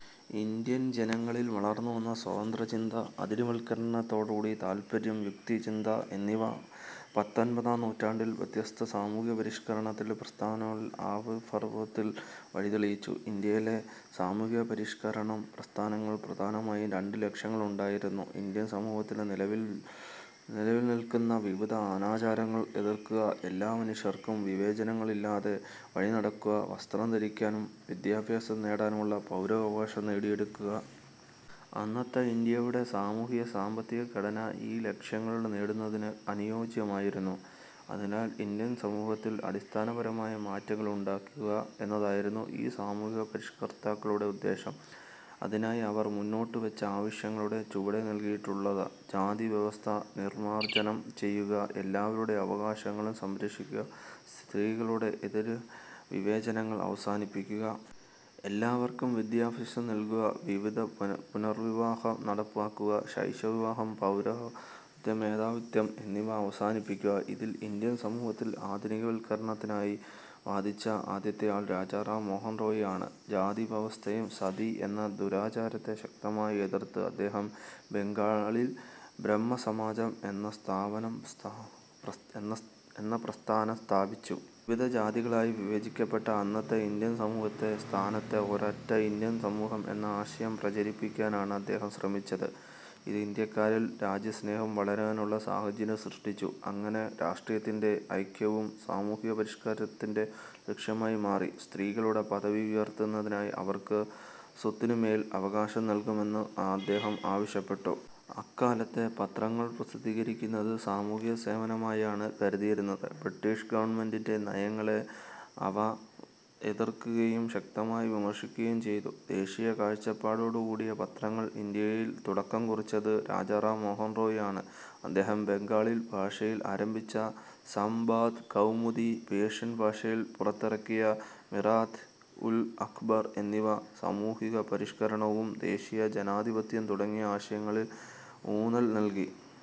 Indian ജനങ്ങളിൽ വളർന്നുവന്ന സ്വതന്ത്രചിന്ത, ആധുനികവൽക്കരണത്തോടുള്ള താൽപ്പര്യം, യുക്തിചിന്ത എന്നിവ പത്തൊൻപതാം നൂറ്റാണ്ടിൽ വ്യത്യസ്ത സാമൂഹികപരിഷ്കരണ പ്രസ്ഥാനങ്ങളുടെ ആവിർഭാവത്തിന് വഴി തെളിച്ചു. ഇന്ത്യയിലെ സാമൂഹികപരിഷ്കരണ പ്രസ്ഥാനങ്ങൾക്ക് പ്രധാനമായും രണ്ടു ലക്ഷ്യങ്ങളുണ്ടായിരുന്നു. ഇന്ത്യൻ സമൂഹത്തിൽ നിലനിൽക്കുന്ന വിവിധ അനാചാരങ്ങളെ എതിർക്കുക. എല്ലാ മനുഷ്യർക്കും വിവേചനങ്ങളില്ലാതെ വഴിനടക്കാനും വസ്ത്രം ധരിക്കാനും വിദ്യാഭ്യാസം നേടാനുമുള്ള പൗരാവകാശങ്ങൾ നേടിയെടുക്കുക. അന്നത്തെ ഇന്ത്യയുടെ സാമൂഹിക-സാമ്പത്തിക ഘടന ഈ ലക്ഷ്യങ്ങൾ നേടുന്നതിന് അനുയോജ്യമായിരുന്നില്ല. അതിനാൽ ഇന്ത്യൻ സമൂഹത്തിൽ അടിസ്ഥാനപരമായ മാറ്റങ്ങളുണ്ടാക്കുക എന്നതായിരുന്നു ഈ സാമൂഹിക പരിഷ്കർത്താക്കളുടെ ഉദ്ദേശ്യം. അതിനായി അവർ മുന്നോട്ടുവച്ച ആവശ്യങ്ങളാണ് ചുവടെ നൽകിയിട്ടുള്ളത്. ജാതിവ്യവസ്ഥ നിർമാർജനം ചെയ്യുക. എല്ലാവരുടെയും അവകാശങ്ങൾ സംരക്ഷിക്കുക. സ്ത്രീകൾക്ക് എതിരായ വിവേചനങ്ങൾ അവസാനിപ്പിക്കുക. എല്ലാവർക്കും വിദ്യാഭ്യാസം നൽകുക. വിവിധ പുനർവിവാഹം നടപ്പാക്കുക. ശൈശവ വിവാഹം, പൗരോഹിത്യ മേധാവിത്വം എന്നിവ അവസാനിപ്പിക്കുക. ഇത്തരത്തിൽ ഇന്ത്യൻ സമൂഹത്തിന്റെ ആധുനികവൽക്കരണത്തിനായി വാദിച്ച ആദ്യത്തെയാൾ രാജാ റാം മോഹൻ റായ് ആണ്. ജാതിവ്യവസ്ഥയെയും 'സതി' എന്ന ദുരാചാരത്തെയും ശക്തമായി എതിർത്ത അദ്ദേഹം ബംഗാളിൽ "ബ്രഹ്മസമാജം' എന്ന പ്രസ്ഥാനം സ്ഥാപിച്ചു. വിവിധ ജാതികളായി വിഭജിക്കപ്പെട്ട അന്നത്തെ ഇന്ത്യൻ സമൂഹത്തിന്റെ സ്ഥാനത്ത് ഒരൊറ്റ ഇന്ത്യൻ സമൂഹം എന്ന ആശയം പ്രചരിപ്പിക്കാനാണ് അദ്ദേഹം ശ്രമിച്ചത്. ഇത് ഇന്ത്യക്കാരിൽ രാജ്യസ്നേഹം വളരാനുള്ള സാഹചര്യം സൃഷ്ടിച്ചു. അങ്ങനെ രാഷ്ട്രത്തിന്റെ ഐക്യവും സാമൂഹികപരിഷ്കരണത്തിന്റെ ലക്ഷ്യമായി മാറി. സ്ത്രീകളുടെ പദവി ഉയർത്തുന്നതിനായി അവർക്ക് സ്വത്തിനുമേൽ അവകാശം നൽകണമെന്ന് അദ്ദേഹം ആവശ്യപ്പെട്ടു. അക്കാലത്ത് പത്രങ്ങൾ പ്രസിദ്ധീകരിക്കുന്നത് സാമൂഹികസേവനമായാണ് കരുതിയിരുന്നത്. ബ്രിട്ടീഷ് ഗവൺമെന്റിന്റെ നയങ്ങളെ അവ എതിർക്കുകയും ശക്തമായി വിമർശിക്കുകയും ചെയ്തു. ദേശീയ കാഴ്ചപ്പാടോടുകൂടിയ പത്രങ്ങൾ ഇന്ത്യയിൽ തുടക്കം കുറിച്ചത് രാജാറാം മോഹൻ റായ് ആണ്. അദ്ദേഹം ബംഗാളി ഭാഷയിൽ ആരംഭിച്ച "സംബാദ് കൗമുദി', പേർഷ്യൻ ഭാഷയിൽ പുറത്തിറക്കിയ "മിറാത് ഉൽ അക്ബർ എന്നിവ സാമൂഹികപരിഷ്കരണം, ദേശീയത, ജനാധിപത്യം തുടങ്ങിയ ആശയങ്ങൾ ഊന്നൽ നൽകി.